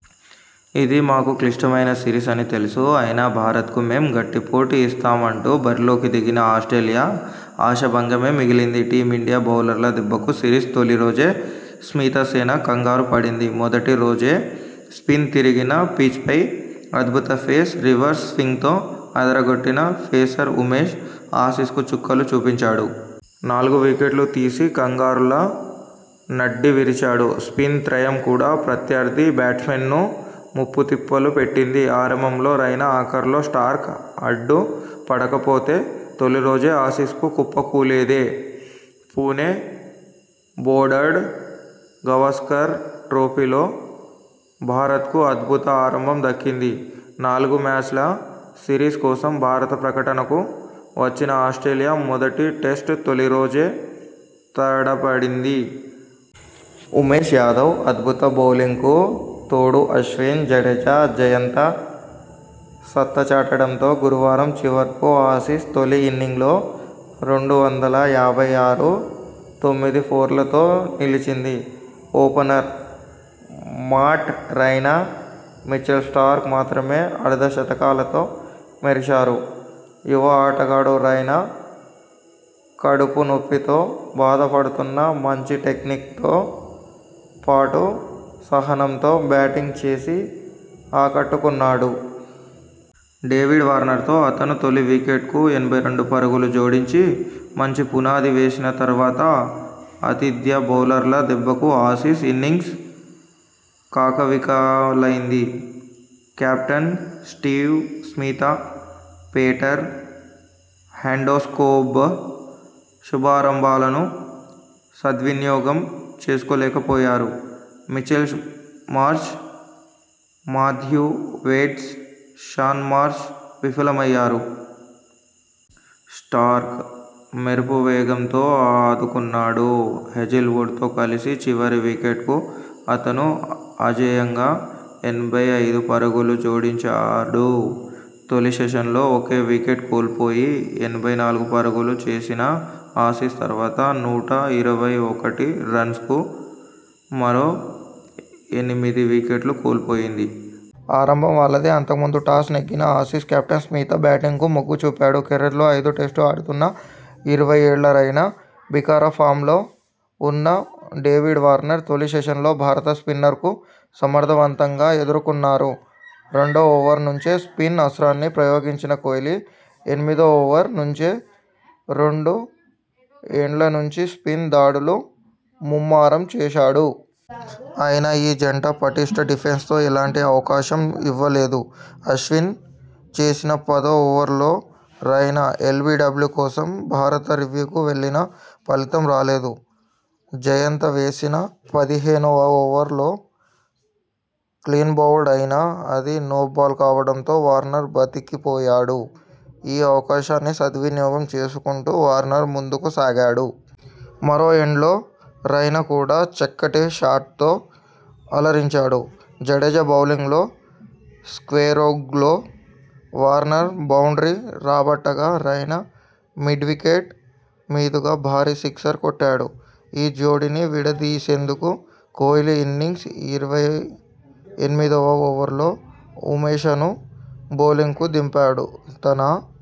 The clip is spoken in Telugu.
ఇది మాకు క్లిష్టమైన సిరీస్ అని తెలుసు. అయినా భారత్ కు మేం గట్టి పోటీ ఇస్తాం అంటూ బరిలోకి దిగిన ఆస్ట్రేలియా ఆశాభంగమే మిగిలింది టీమిండియా బౌలర్ల దెబ్బకు సిరీస్ తొలి రోజే స్మితసేన కంగారు పడింది. మొదటి రోజే స్పిన్ తిరిగిన పిచ్పై అద్భుత పేస్, రివర్స్ స్వింగ్తో అదరగొట్టిన పేసర్ ఉమేష్ ఆసీస్కు చుక్కలు చూపించాడు..! నాలుగు వికెట్లు తీసి కంగారూల నడ్డి విరిచాడు. స్పిన్ త్రయం కూడా ప్రత్యర్థి బ్యాట్స్మెన్ను ముప్పు తిప్పలు పెట్టింది. ఆరంభంలో రైనా ఆఖర్లో స్టార్క్ అడ్డు పడకపోతే తొలిరోజే ఆసీస్ కుప్పకూలేదే పుణె బోర్డర్ గవాస్కర్ ట్రోఫీలో భారత్కు అద్భుత ఆరంభం దక్కింది. నాలుగు మ్యాచ్ల సిరీస్ కోసం భారత పర్యటనకు వచ్చిన ఆస్ట్రేలియా మొదటి టెస్టు తొలి రోజే తడబడింది. ఉమేష్ యాదవ్ అద్భుత బౌలింగ్కు తోడు అశ్విన్, జడేజా, జయంత సత్తా చాటడంతో గురువారం చివరకు ఆసీస్ తొలి ఇన్నింగ్స్లో రెండు వందల యాభై ఆరు తొమ్మిది స్కోరుతో నిలిచింది. Opener Matt Raina, Mitchell Starc మాత్రమే అర్ధ శతకాలతో మెరిశారు. యువ ఆటగాడు రైనా కడుపు నొప్పితో బాధపడుతున్నా మంచి టెక్నిక్తో పాటు సహనంతో బ్యాటింగ్ చేసి ఆకట్టుకున్నాడు. డేవిడ్ వార్నర్ తో అతను తొలి వికెట్కు ఎనభై రెండు పరుగులు జోడించి మంచి పునాది వేసినా తర్వాత ఆతిథ్య బౌలర్ల దెబ్బకు ఆసీస్ ఇన్నింగ్స్ కకావికలైంది. Captain Steve Smith, Peter Handscomb శుభారంభాలను సద్వినియోగం చేసుకోలేకపోయారు. Mitchell Marsh, Matthew Wade, Shaun Marsh విఫలమయ్యారు. స్టార్క్ మెరుపు ఇన్నింగ్స్తో ఆదుకున్నాడు. హాజెల్వుడ్ తో కలిసి చివరి వికెట్కు అతను అజేయంగా యాభై ఐదు పరుగులు జోడించాడు. తొలి సెషన్లో ఒకే వికెట్ కోల్పోయి ఎనభై నాలుగు పరుగులు చేసిన ఆసీస్ తర్వాత నూట ఇరవై ఒకటి రన్స్కే మరో ఎనిమిది వికెట్లు కోల్పోయింది. ఆరంభం వాళ్లదే అంతకుముందు టాస్ నెగ్గిన ఆసీస్ కెప్టెన్ స్మిత బ్యాటింగ్కు మొగ్గు చూపాడు. కెరీర్లో ఐదో టెస్టు ఆడుతున్న ఇరవై ఏళ్ల రైనా, భీకర ఫామ్లో ఉన్న డేవిడ్ వార్నర్ తొలి సెషన్లో భారత స్పిన్నర్లకు సమర్థవంతంగా ఎదుర్కొన్నారు. రెండో ఓవర్ నుంచే స్పిన్ అస్త్రాన్ని ప్రయోగించిన కోహ్లీ ఎనిమిదో ఓవర్ నుంచి రెండు ఎండ్ల నుంచి స్పిన్ దాడులు ముమ్మరం చేశాడు. అయినా ఈ జంట పటిష్ట డిఫెన్స్తో ఎలాంటి అవకాశం ఇవ్వలేదు. అశ్విన్ వేసిన పదో ఓవర్లో రైనా ఎల్బీడబ్ల్యూ కోసం భారత రివ్యూకు వెళ్లినా ఫలితం రాలేదు. జయంత వేసిన పదిహేనువ ఓవర్లో క్లీన్బౌల్డ్ అయినా అది నోబాల్ కావడంతో వార్నర్ బతికిపోయాడు. ఈ అవకాశాన్ని సద్వినియోగం చేసుకుంటూ వార్నర్ ముందుకు సాగాడు. మరో ఎండ్లో రైనా కూడా చక్కటి షాట్లతో అలరించాడు. జడేజా బౌలింగ్లో స్క్వేర్లెగ్లో వార్నర్ బౌండ్రీ రాబట్టగా రైనా మిడ్వికెట్ మీదుగా భారీ సిక్సర్ కొట్టాడు. ఈ జోడీని విడదీసేందుకు కోహ్లీ ఇన్నింగ్స్ ఇరవై ఎనిమిదివ ఓవర్లో ఉమేషను బౌలింగ్కు దింపాడు తన